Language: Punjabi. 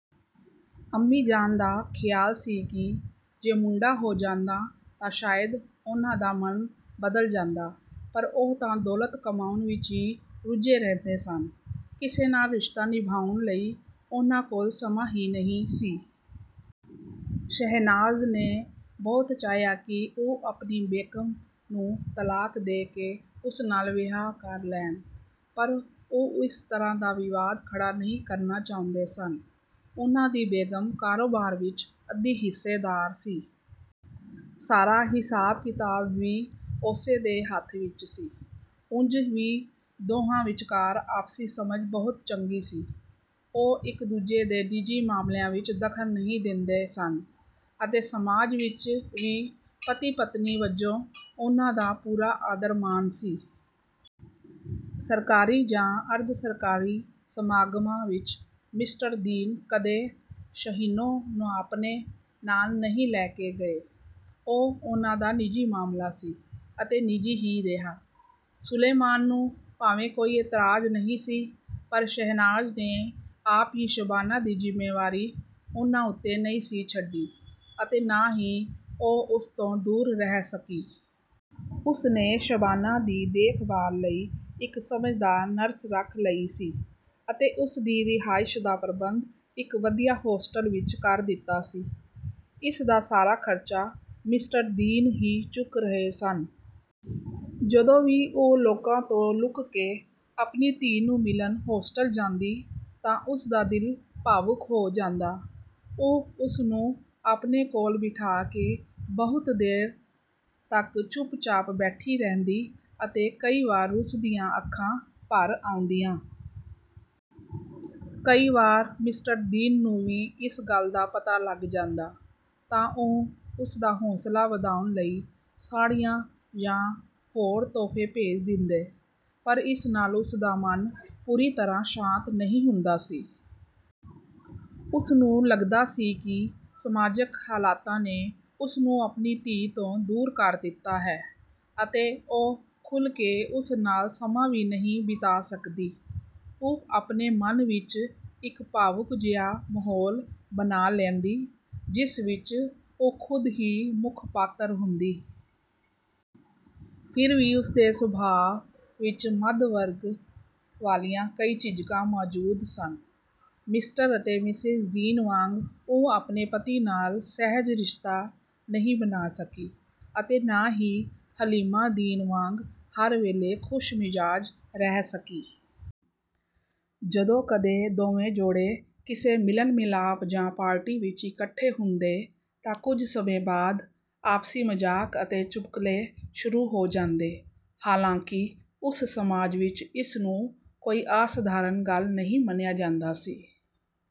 ਅੰਮੀ ਜਾਨ ਦਾ ਖ਼ਿਆਲ ਸੀ ਕਿ ਜੇ ਮੁੰਡਾ ਹੋ ਜਾਂਦਾ, ਤਾਂ ਸ਼ਾਇਦ ਉਹਨਾਂ ਦਾ ਮਨ ਬਦਲ ਜਾਂਦਾ। ਪਰ ਉਹ ਤਾਂ ਦੌਲਤ ਕਮਾਉਣ ਵਿੱਚ ਹੀ ਰੁੱਝੇ ਰਹਿੰਦੇ ਸਨ। ਕਿਸੇ ਨਾਲ ਰਿਸ਼ਤਾ ਨਿਭਾਉਣ ਲਈ ਉਹਨਾਂ ਕੋਲ ਸਮਾਂ ਹੀ ਨਹੀਂ ਸੀ। ਸ਼ਹਿਨਾਜ਼ ਨੇ ਬਹੁਤ ਚਾਹਿਆ ਕਿ ਉਹ ਆਪਣੀ ਬੇਗ਼ਮ ਨੂੰ ਤਲਾਕ ਦੇ ਕੇ ਉਸ ਨਾਲ ਵਿਆਹ ਕਰ ਲੈਣ, ਪਰ ਉਹ ਇਸ ਤਰ੍ਹਾਂ ਦਾ ਵਿਵਾਦ ਖੜ੍ਹਾ ਨਹੀਂ ਕਰਨਾ ਚਾਹੁੰਦੇ ਸਨ। ਉਹਨਾਂ ਦੀ ਬੇਗ਼ਮ ਕਾਰੋਬਾਰ ਵਿੱਚ ਅੱਧੀ ਹਿੱਸੇਦਾਰ ਸੀ। ਸਾਰਾ ਹਿਸਾਬ-ਕਿਤਾਬ ਵੀ ਉਸੇ ਦੇ ਹੱਥ ਵਿੱਚ ਸੀ। ਉਂਝ ਵੀ ਦੋਹਾਂ ਵਿਚਕਾਰ ਆਪਸੀ ਸਮਝ ਬਹੁਤ ਚੰਗੀ ਸੀ। ਉਹ ਇੱਕ-ਦੂਜੇ ਦੇ ਨਿੱਜੀ ਮਾਮਲਿਆਂ ਵਿੱਚ ਦਖ਼ਲ ਨਹੀਂ ਦਿੰਦੇ ਸਨ ਅਤੇ ਸਮਾਜ ਵਿੱਚ ਵੀ ਪਤੀ-ਪਤਨੀ ਵਜੋਂ ਉਹਨਾਂ ਦਾ ਪੂਰਾ ਆਦਰ-ਮਾਣ ਸੀ। ਸਰਕਾਰੀ ਜਾਂ ਅਰਧ-ਸਰਕਾਰੀ ਸਮਾਗਮਾਂ ਵਿੱਚ ਮਿਸਟਰ ਦੀਨ ਕਦੇ ਸ਼ਹੀਨੋ ਨੂੰ ਆਪਣੇ ਨਾਲ ਨਹੀਂ ਲੈ ਕੇ ਗਏ। ਉਹ ਉਹਨਾਂ ਦਾ ਨਿੱਜੀ ਮਾਮਲਾ ਸੀ ਅਤੇ ਨਿੱਜੀ ਹੀ ਰਿਹਾ। ਸੁਲੇਮਾਨ ਨੂੰ ਭਾਵੇਂ ਕੋਈ ਇਤਰਾਜ਼ ਨਹੀਂ ਸੀ, ਪਰ ਸ਼ਹਿਨਾਜ਼ ਨੇ ਆਪ ਹੀ ਸ਼ਬਾਨਾ ਦੀ ਜ਼ਿੰਮੇਵਾਰੀ ਉਹਨਾਂ ਉੱਤੇ ਨਹੀਂ ਸੀ ਛੱਡੀ ਅਤੇ ਨਾ ਹੀ ਉਹ ਉਸ ਤੋਂ ਦੂਰ ਰਹਿ ਸਕੀ। ਉਸਨੇ ਸ਼ਬਾਨਾ ਦੀ ਦੇਖਭਾਲ ਲਈ ਇੱਕ ਸਮਝਦਾਰ ਨਰਸ ਰੱਖ ਲਈ ਸੀ ਅਤੇ ਉਸਦੀ ਰਿਹਾਇਸ਼ ਦਾ ਪ੍ਰਬੰਧ ਇੱਕ ਵਧੀਆ ਹੋਸਟਲ ਵਿੱਚ ਕਰ ਦਿੱਤਾ ਸੀ। ਇਸ ਦਾ ਸਾਰਾ ਖਰਚਾ ਮਿਸਟਰ ਦੀਨ ਹੀ ਚੁੱਕ ਰਹੇ ਸਨ। ਜਦੋਂ ਵੀ ਉਹ ਲੋਕਾਂ ਤੋਂ ਲੁਕ ਕੇ ਆਪਣੀ ਧੀ ਨੂੰ ਮਿਲਣ ਹੋਸਟਲ ਜਾਂਦੀ, ਤਾਂ ਉਸਦਾ ਦਿਲ ਭਾਵੁਕ ਹੋ ਜਾਂਦਾ। ਉਹ ਉਸਨੂੰ ਆਪਣੇ ਕੋਲ ਬਿਠਾ ਕੇ ਬਹੁਤ ਦੇਰ ਤੱਕ ਚੁੱਪਚਾਪ ਬੈਠੀ ਰਹਿੰਦੀ ਅਤੇ ਕਈ ਵਾਰ ਉਸਦੀਆਂ ਅੱਖਾਂ ਭਰ ਆਉਂਦੀਆਂ। ਕਈ ਵਾਰ ਮਿਸਟਰ ਦੀਨ ਨੂੰ ਵੀ ਇਸ ਗੱਲ ਦਾ ਪਤਾ ਲੱਗ ਜਾਂਦਾ, ਤਾਂ ਉਹ ਉਸਦਾ ਹੌਸਲਾ ਵਧਾਉਣ ਲਈ ਸਾੜ੍ਹੀਆਂ ਜਾਂ ਹੋਰ ਤੋਹਫ਼ੇ ਭੇਜ ਦਿੰਦੇ। ਪਰ ਇਸ ਨਾਲ ਉਸਦਾ ਮਨ ਪੂਰੀ ਤਰ੍ਹਾਂ ਸ਼ਾਂਤ ਨਹੀਂ ਹੁੰਦਾ ਸੀ। ਉਸਨੂੰ ਲੱਗਦਾ ਸੀ ਕਿ ਸਮਾਜਕ ਹਾਲਾਤਾਂ ਨੇ ਉਸਨੂੰ ਆਪਣੀ ਧੀ ਤੋਂ ਦੂਰ ਕਰ ਦਿੱਤਾ ਹੈ ਅਤੇ ਉਹ ਖੁੱਲ੍ਹ ਕੇ ਉਸ ਨਾਲ ਸਮਾਂ ਵੀ ਨਹੀਂ ਬਿਤਾ ਸਕਦੀ। ਉਹ ਆਪਣੇ ਮਨ ਵਿੱਚ ਇੱਕ ਭਾਵੁਕ ਜਿਹਾ ਮਾਹੌਲ ਬਣਾ ਲੈਂਦੀ, ਜਿਸ ਵਿੱਚ ਉਹ ਖੁਦ ਹੀ ਮੁੱਖ ਪਾਤਰ ਹੁੰਦੀ। ਫਿਰ ਵੀ ਉਸਦੇ ਸੁਭਾਅ ਵਿੱਚ ਮੱਧ ਵਰਗ ਵਾਲੀਆਂ ਕਈ ਝਿਝਕਾਂ ਮੌਜੂਦ ਸਨ। ਮਿਸਟਰ ਅਤੇ ਮਿਸੇਜ ਦੀਨ ਵਾਂਗ ਉਹ ਆਪਣੇ ਪਤੀ ਨਾਲ ਸਹਿਜ ਰਿਸ਼ਤਾ ਨਹੀਂ ਬਣਾ ਸਕੀ ਅਤੇ ਨਾ ਹੀ ਹਲੀਮਾ ਦੀਨ ਵਾਂਗ ਹਰ ਵੇਲੇ ਖੁਸ਼ਮਿਜ਼ਾਜ ਰਹਿ ਸਕੀ। ਜਦੋਂ ਕਦੇ ਦੋਵੇਂ ਜੋੜੇ ਕਿਸੇ ਮਿਲਣ-ਮਿਲਾਪ ਜਾਂ ਪਾਰਟੀ ਵਿੱਚ ਇਕੱਠੇ ਹੁੰਦੇ, ਤਾਂ ਕੁਝ ਸਮੇਂ ਬਾਅਦ ਆਪਸੀ ਮਜ਼ਾਕ ਅਤੇ ਚੁਟਕਲੇ ਸ਼ੁਰੂ ਹੋ ਜਾਂਦੇ। ਹਾਲਾਂਕਿ ਉਸ ਸਮਾਜ ਵਿੱਚ ਇਸ ਨੂੰ ਕੋਈ ਅਸਧਾਰਨ ਗੱਲ ਨਹੀਂ ਮੰਨਿਆ ਜਾਂਦਾ ਸੀ।